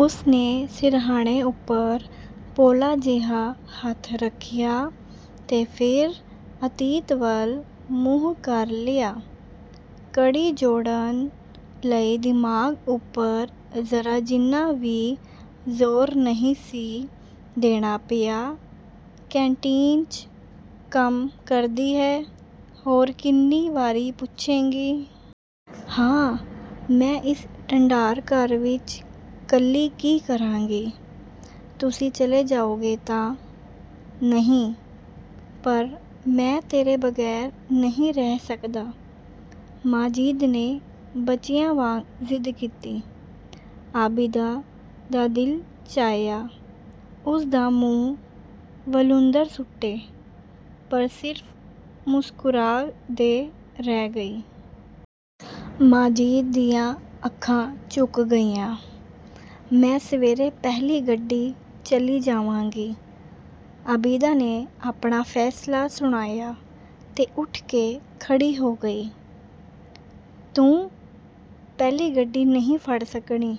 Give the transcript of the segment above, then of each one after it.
ਉਸਨੇ ਸਿਰਹਾਣੇ ਉੱਪਰ ਪੋਲਾ ਜਿਹਾ ਹੱਥ ਰੱਖਿਆ ਤੇ ਫਿਰ ਅਤੀਤ ਵੱਲ ਮੂੰਹ ਕਰ ਲਿਆ। ਕੜੀ ਜੋੜਨ ਲਈ ਦਿਮਾਗ਼ ਉੱਪਰ ਜ਼ਰਾ ਜਿੰਨਾ ਵੀ ਜ਼ੋਰ ਨਹੀਂ ਸੀ ਦੇਣਾ ਪਿਆ।"ਕੈਨਟੀਨ 'ਚ ਕੰਮ ਕਰਦੀ ਹੈ?" "ਹੋਰ ਕਿੰਨੀ ਵਾਰੀ ਪੁੱਛੇਂਗੀ?" "ਹਾਂ।" "ਮੈਂ ਇਸ ਢੰਢਾਰ ਘਰ ਵਿੱਚ 'ਕੱਲੀ ਕੀ ਕਰਾਂਗੀ? ਤੁਸੀਂ ਚਲੇ ਜਾਓਗੇ ਤਾਂ।" "ਨਹੀਂ।" "ਪਰ।" "ਮੈਂ ਤੇਰੇ ਬਗ਼ੈਰ ਨਹੀਂ ਰਹਿ ਸਕਦਾ।" ਮਾਜਿਦ ਨੇ ਬੱਚਿਆਂ ਵਾਂਗ ਜ਼ਿੱਦ ਕੀਤੀ। ਆਬਿਦਾ ਦਾ ਦਿਲ ਚਾਹਿਆ, ਉਸ ਦਾ ਮੂੰਹ ਵਲੂੰਧਰ ਸੁੱਟੇ, ਪਰ ਸਿਰਫ ਮੁਸਕੁਰਾ ਦੇ ਰਹਿ ਗਈ। ਮਾਜਿਦ ਦੀਆਂ ਅੱਖਾਂ ਝੁਕ ਗਈਆਂ। "ਮੈਂ ਸਵੇਰੇ ਪਹਿਲੀ ਗੱਡੀ ਚਲੀ ਜਾਵਾਂਗੀ।" ਆਬਿਦਾ ਨੇ ਆਪਣਾ ਫ਼ੈਸਲਾ ਸੁਣਾਇਆ ਤੇ ਉੱਠ ਕੇ ਖੜ੍ਹੀ ਹੋ ਗਈ। "ਤੂੰ ਪਹਿਲੀ ਗੱਡੀ ਨਹੀਂ ਫੜ ਸਕਣੀ।"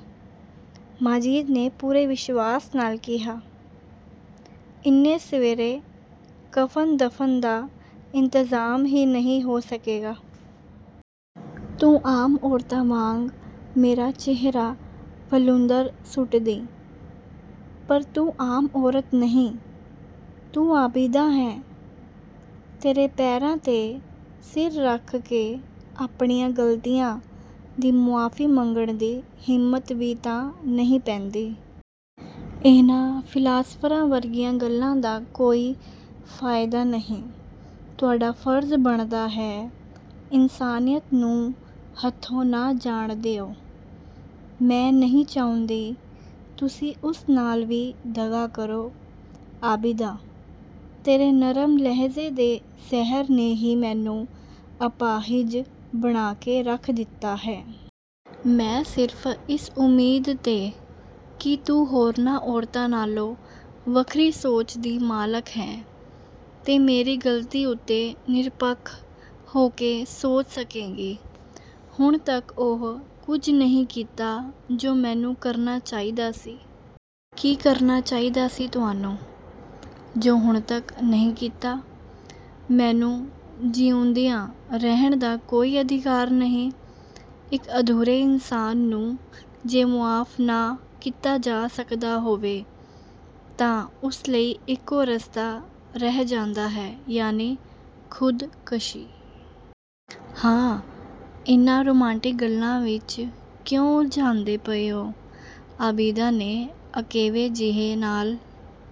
ਮਾਜਿਦ ਨੇ ਪੂਰੇ ਵਿਸ਼ਵਾਸ ਨਾਲ ਕਿਹਾ, "ਇੰਨੇ ਸਵੇਰੇ ਕਫ਼ਨ-ਦਫ਼ਨ ਦਾ ਇੰਤਜ਼ਾਮ ਹੀ ਨਹੀਂ ਹੋ ਸਕੇਗਾ।" ਤੂੰ ਆਮ ਔਰਤਾਂ ਵਾਂਗ ਮੇਰਾ ਚਿਹਰਾ ਵਲੂੰਧਰ ਸੁੱਟਦੀ। ਪਰ ਤੂੰ ਆਮ ਔਰਤ ਨਹੀਂ। ਤੂੰ ਆਬਿਦਾ ਹੈਂ। ਤੇਰੇ ਪੈਰਾਂ 'ਤੇ ਸਿਰ ਰੱਖ ਕੇ ਆਪਣੀਆਂ ਗ਼ਲਤੀਆਂ ਦੀ ਮੁਆਫ਼ੀ ਮੰਗਣ ਦੀ ਹਿੰਮਤ ਵੀ ਤਾਂ ਨਹੀਂ ਪੈਂਦੀ।" "ਇਹਨਾਂ ਫ਼ਿਲਾਸਫ਼ਰਾਂ ਵਰਗੀਆਂ ਗੱਲਾਂ ਦਾ ਕੋਈ ਫ਼ਾਇਦਾ ਨਹੀਂ। ਤੁਹਾਡਾ ਫ਼ਰਜ਼ ਬਣਦਾ ਹੈ, ਇਨਸਾਨੀਅਤ ਨੂੰ ਹੱਥੋਂ ਨਾ ਜਾਣ ਦਿਓ। ਮੈਂ ਨਹੀਂ ਚਾਹੁੰਦੀ ਤੁਸੀਂ ਉਸ ਨਾਲ ਵੀ ਦਗ਼ਾ ਕਰੋ।" "ਆਬਿਦਾ, ਤੇਰੇ ਨਰਮ ਲਹਿਜੇ ਦੇ ਜ਼ਹਿਰ ਨੇ ਹੀ ਮੈਨੂੰ ਅਪਾਹਿਜ ਬਣਾ ਕੇ ਰੱਖ ਦਿੱਤਾ ਹੈ। ਮੈਂ ਸਿਰਫ ਇਸ ਉਮੀਦ 'ਤੇ ਕਿ ਤੂੰ ਹੋਰਨਾਂ ਔਰਤਾਂ ਨਾਲੋਂ ਵੱਖਰੀ ਸੋਚ ਦੀ ਮਾਲਕ ਹੈਂ ਤੇ ਮੇਰੀ ਗ਼ਲਤੀ ਉੱਤੇ ਨਿਰਪੱਖ ਹੋ ਕੇ ਸੋਚ ਸਕੇਂਗੀ, ਹੁਣ ਤੱਕ ਉਹ ਕੁਝ ਨਹੀਂ ਕੀਤਾ ਜੋ ਮੈਨੂੰ ਕਰਨਾ ਚਾਹੀਦਾ ਸੀ।" "ਕੀ ਕਰਨਾ ਚਾਹੀਦਾ ਸੀ ਤੁਹਾਨੂੰ, ਜੋ ਹੁਣ ਤੱਕ ਨਹੀਂ ਕੀਤਾ?" "ਮੈਨੂੰ ਜਿਉਂਦਿਆਂ ਰਹਿਣ ਦਾ ਕੋਈ ਅਧਿਕਾਰ ਨਹੀਂ। ਇੱਕ ਅਧੂਰੇ ਇਨਸਾਨ ਨੂੰ ਜੇ ਮੁਆਫ਼ ਨਾ ਕੀਤਾ ਜਾ ਸਕਦਾ ਹੋਵੇ ਤਾਂ ਉਸ ਲਈ ਇੱਕੋ ਰਸਤਾ ਰਹਿ ਜਾਂਦਾ ਹੈ" "ਯਾਨੀ, ਖੁਦਕਸ਼ੀ?" "ਹਾਂ।" "ਇਹਨਾਂ ਰੁਮਾਂਟਿਕ ਗੱਲਾਂ ਵਿੱਚ ਕਿਉਂ ਉਲਝਾਂਦੇ ਪਏ ਹੋ" ਆਬਿਦਾ ਨੇ ਅਕੇਵੇਂ ਜਿਹੇ ਨਾਲ